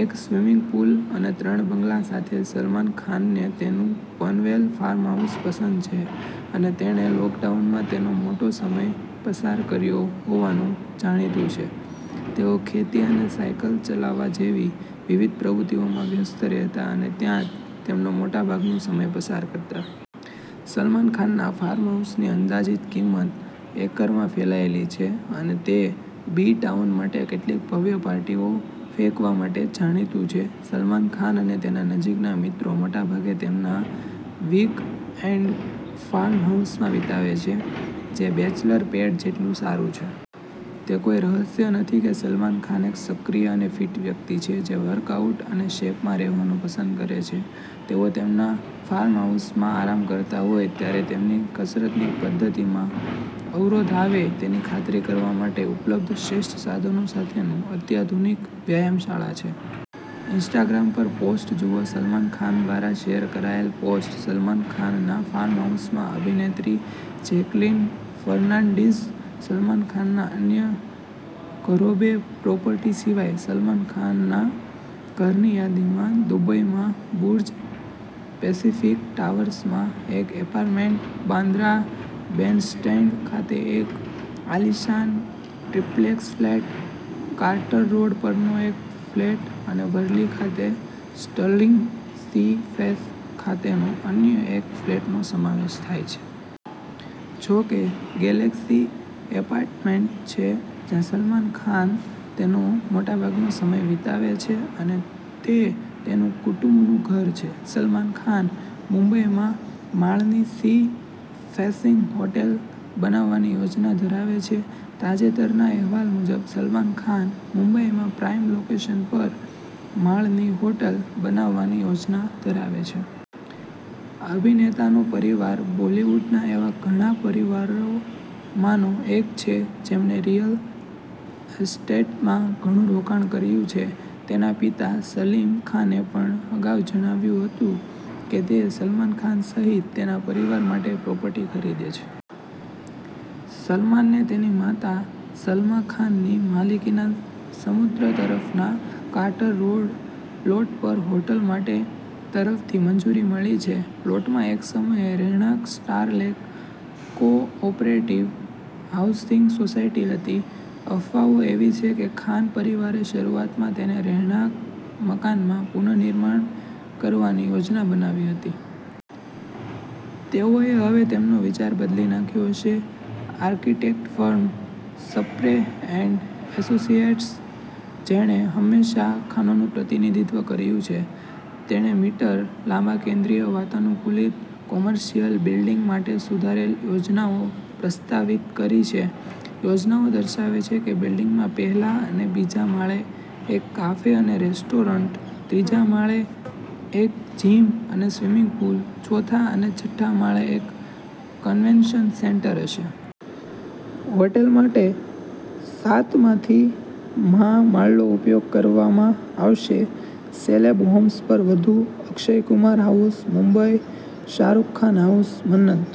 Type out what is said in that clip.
એક swimming pool અને ત્રણ બંગલા સાથે, સલમાન ખાનને તેનું પનવેલ ફાર્મહાઉસ પસંદ છે અને તેણે લોકડાઉનમાં તેનો મોટો સમય પસાર કર્યો હોવાનું જાણીતું છે. તેઓ ખેતી અને સાયકલ ચલાવવા જેવી વિવિધ પ્રવૃત્તિઓમાં વ્યસ્ત રહેતા અને ત્યાં તેમનો મોટાભાગનો સમય પસાર કરતા. સલમાન ખાનના ફાર્મહાઉસની અંદાજિત કિંમત એકરમાં ફેલાયેલી છે, અને તે બી-ટાઉન માટે કેટલીક ભવ્ય પાર્ટીઓ ફેંકવા માટે જાણીતું છે. સલમાન ખાન અને તેના નજીકના મિત્રો મોટાભાગે તેમના વીકએન્ડફાર્મહાઉસમાં વિતાવે છે, જે બેચલર પેડ જેટલું સારું છે. તે કોઈ રહસ્ય નથી કે સલમાન ખાન એક સક્રિય અને ફિટ વ્યક્તિ છે જે વર્કઆઉટ અને શેપમાં રહેવાનું પસંદ કરે છે. તેઓ તેમના ફાર્મહાઉસમાં આરામ કરતા હોય ત્યારે તેમની કસરતની પદ્ધતિમાં અવરોધઆવે તેની ખાતરી કરવા માટે ઉપલબ્ધ શ્રેષ્ઠ સાધનો સાથેનું અત્યાધુનિક વ્યાયામશાળા છે. ઇન્સ્ટાગ્રામ પરપોસ્ટ જુઓ સલમાન ખાન દ્વારા શેર કરાયેલ પોસ્ટ સલમાન ખાનના ફાર્મહાઉસમાં અભિનેત્રી જેક્લીન ફર્નાન્ડીઝ સલમાન ખાનના અન્ય ઘરોબે પ્રોપર્ટી સિવાય, સલમાન ખાનના ઘરની યાદીમાં દુબઈમાં બુર્જ પેસિફિક ટાવર્સમાં એક એપાર્ટમેન્ટ, બાંદ્રા બેન્ડસ્ટેન્ડ ખાતે એક આલીશાન ટ્રિપ્લેક્સ ફ્લેટ, કાર્ટર રોડ પરનો એક ફ્લેટ અને વરલી ખાતે સ્ટર્લિંગ સી ફેસ ખાતેનો અન્ય એક ફ્લેટનો સમાવેશ થાય છે. જો કે, ગેલેક્સી એપાર્ટમેન્ટછે જ્યાં સલમાન ખાન તેનો મોટાભાગનો સમય વિતાવે છે અને તે તેનું કુટુંબનું ઘર છે. સલમાન ખાન મુંબઈમાં માળની સી ફેસિંગ હોટેલ બનાવવાની યોજના ધરાવે છે તાજેતરના અહેવાલ મુજબ, સલમાન ખાન મુંબઈમાં પ્રાઇમ લોકેશન પર માળની હોટલ બનાવવાની યોજના ધરાવે છે. અભિનેતાનો પરિવાર બોલિવૂડના એવા ઘણા પરિવારોમાંનો એક છે જેમણે રિયલ એસ્ટેટમાં ઘણું રોકાણ કર્યું છે. તેના પિતા સલીમ ખાને પણ અગાઉ જણાવ્યું હતું કે તે સલમાન ખાન સહિત તેના પરિવાર માટે પ્રોપર્ટી ખરીદે છે. સલમાનને તેની માતા સલમા ખાનની માલિકીના સમુદ્ર તરફના કાર્ટર રોડ પ્લોટ પર હોટલ માટે તરફથી મંજૂરી મળી છે. પ્લોટમાં એક સમયે રહેણાંક સ્ટારલેટ કોઓપરેટિવ હાઉસિંગ સોસાયટી હતી. અફવાઓ એવી છે કે ખાન પરિવારે શરૂઆતમાં તેને રહેણાંક મકાનમાં પુનઃનિર્માણ કરવાની યોજના બનાવી હતી. તેઓએ હવે તેમનો વિચાર બદલી નાખ્યો હશે. Architect firm, Sapre and associates, જેણે હંમેશા ખાનોનું પ્રતિનિધિત્વ કર્યું છે, તેણેમીટર લાંબા કેન્દ્રીય વાતાનુકૂલિત કોમર્શિયલ બિલ્ડિંગ માટે સુધારેલી યોજનાઓ પ્રસ્તાવિત કરી છે. યોજનાઓ દર્શાવે છે કે બિલ્ડિંગમાં પહેલા અને બીજા માળે એક કાફે અને રેસ્ટોરન્ટ, ત્રીજા માળે એક જિમ અને સ્વિમિંગ પૂલ, ચોથા અને છઠ્ઠા માળે એક કન્વેન્શન સેન્ટર હશે. હોટલ માટે સાતમાથી મા માળનો ઉપયોગ કરવામાં આવશે. સેલેબ હોમ્સ પર વધુ અક્ષય કુમાર હાઉસ મુંબઈ શાહરૂખ ખાન હાઉસ મન્નત